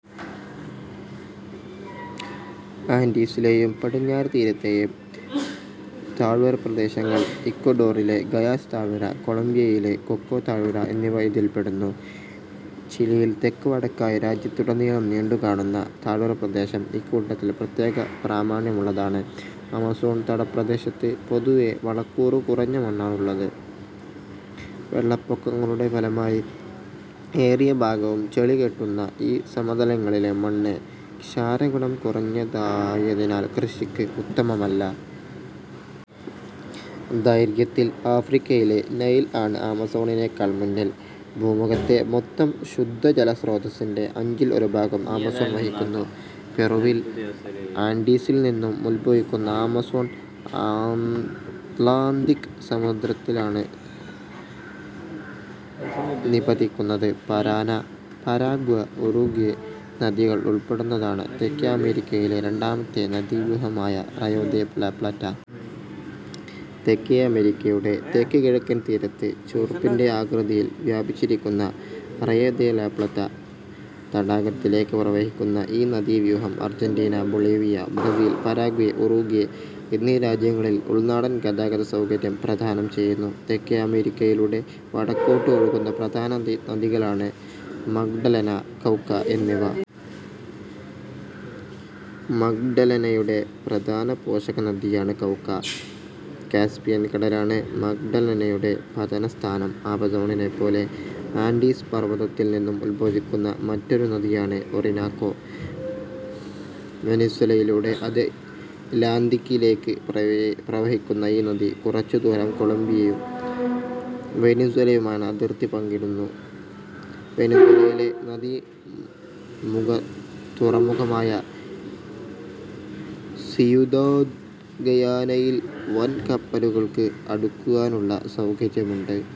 ആൻഡീസിലെയും പടിഞ്ഞാറ് തീരത്തെയും താഴ്വരപ്രദേശങ്ങൾ, ഇക്വഡോറിലെ ഗയാസ് താഴ്വര, കൊളംബിയയിലെ കൊക്കോ താഴ്വര എന്നിവ ഇതിൽപ്പെടുന്നു. ചിലിയിൽ തെക്ക് വടക്കായി രാജ്യത്തുടനീളം നീണ്ടുകാണുന്ന താഴ്വരപ്രദേശം ഇക്കൂട്ടത്തിൽ പ്രത്യേക പ്രാമാണ്യമുള്ളതാണ്. ആമസോൺ തടപ്രദേശത്ത് പൊതുവേ വളക്കൂറു കുറഞ്ഞ മണ്ണാണുള്ളത്. വെള്ളപ്പൊക്കങ്ങളുടെ ഫലമായി ഏറിയ ഭാഗവും ചെളികെട്ടുന്ന ഈ സമതലങ്ങളിലെ മണ്ണ് ക്ഷാരഗുണം കുറഞ്ഞതായതിനാൽ കൃഷിക്ക് ഉത്തമമല്ല. ദൈർഘ്യത്തിൽ ആഫ്രിക്കയിലെ നൈൽ ആണ് ആമസോണിനെക്കാൾ മുന്നിൽ. ഭൂമുഖത്തെ മൊത്തം ശുദ്ധജലസ്രോതസ്സിന്റെ അഞ്ചിൽ ഒരുഭാഗം ആമസോൺ വഹിക്കുന്നു. പെറുവിൽ ആൻഡീസിൽ നിന്നും ഉദ്ഭവിക്കുന്ന ആമസോൺ അത്ലാന്തിക് സമുദ്രത്തിലാണ് നിപതിക്കുന്നത്. പരാന, പരാഗ്വേ, ഉറുഗ്വേ നദികൾ ഉൾപ്പെടുന്നതാണ് തെക്കേ അമേരിക്കയിലെ രണ്ടാമത്തെ നദീവ്യൂഹമായ റയോ ദെ ലാപ്ലാറ്റ. തെക്കേ അമേരിക്കയുടെ തെക്ക് കിഴക്കൻ തീരത്ത് ചോർപ്പിന്റെ ആകൃതിയിൽ വ്യാപിച്ചിരിക്കുന്ന റെയോ ദെ ലാപ്ലാറ്റ തടാകത്തിലേക്ക് പ്രവഹിക്കുന്ന ഈ നദീവ്യൂഹം Argentina, Bolivia, Brazil, Paraguay, Uruguay എന്നീ രാജ്യങ്ങളിൽ ഉൾനാടൻ ഗതാഗത സൗകര്യം പ്രദാനം ചെയ്യുന്നു. തെക്കേ അമേരിക്കയിലൂടെ വടക്കോട്ട് ഒഴുകുന്ന പ്രധാന നദികളാണ് മഗ്ഡലെന, കൗക എന്നിവ. മഗ്ഡലെനയുടെ പ്രധാനപോഷക നദിയാണ് കൗക. കാസ്പിയൻ കടലാണ് മഗ്ഡലെനയുടെ പതനസ്ഥാനം. ആമസോണിനെപ്പോലെ ആൻഡീസ് പർവതത്തിൽ നിന്നും ഉദ്ഭവിക്കുന്ന മറ്റൊരു നദിയാണ് ഓറിനാക്കോ. വെനിസ്വേലയിലൂടെ അത് ലാന്തിക്കിലേക്ക് പ്രവഹിക്കുന്ന ഈ നദി കുറച്ചുദൂരം കൊളംബിയും വെനിസ്വേലയുമായി അതിർത്തി പങ്കിടുന്നു. വെനിസ്വേലയിലെ നദീമുഖതുറമുഖമായ സിയുഡാഡ്ഗയാനയിൽ വൻ കപ്പലുകൾക്ക് അടുക്കുവാനുള്ള സൗകര്യമുണ്ട്.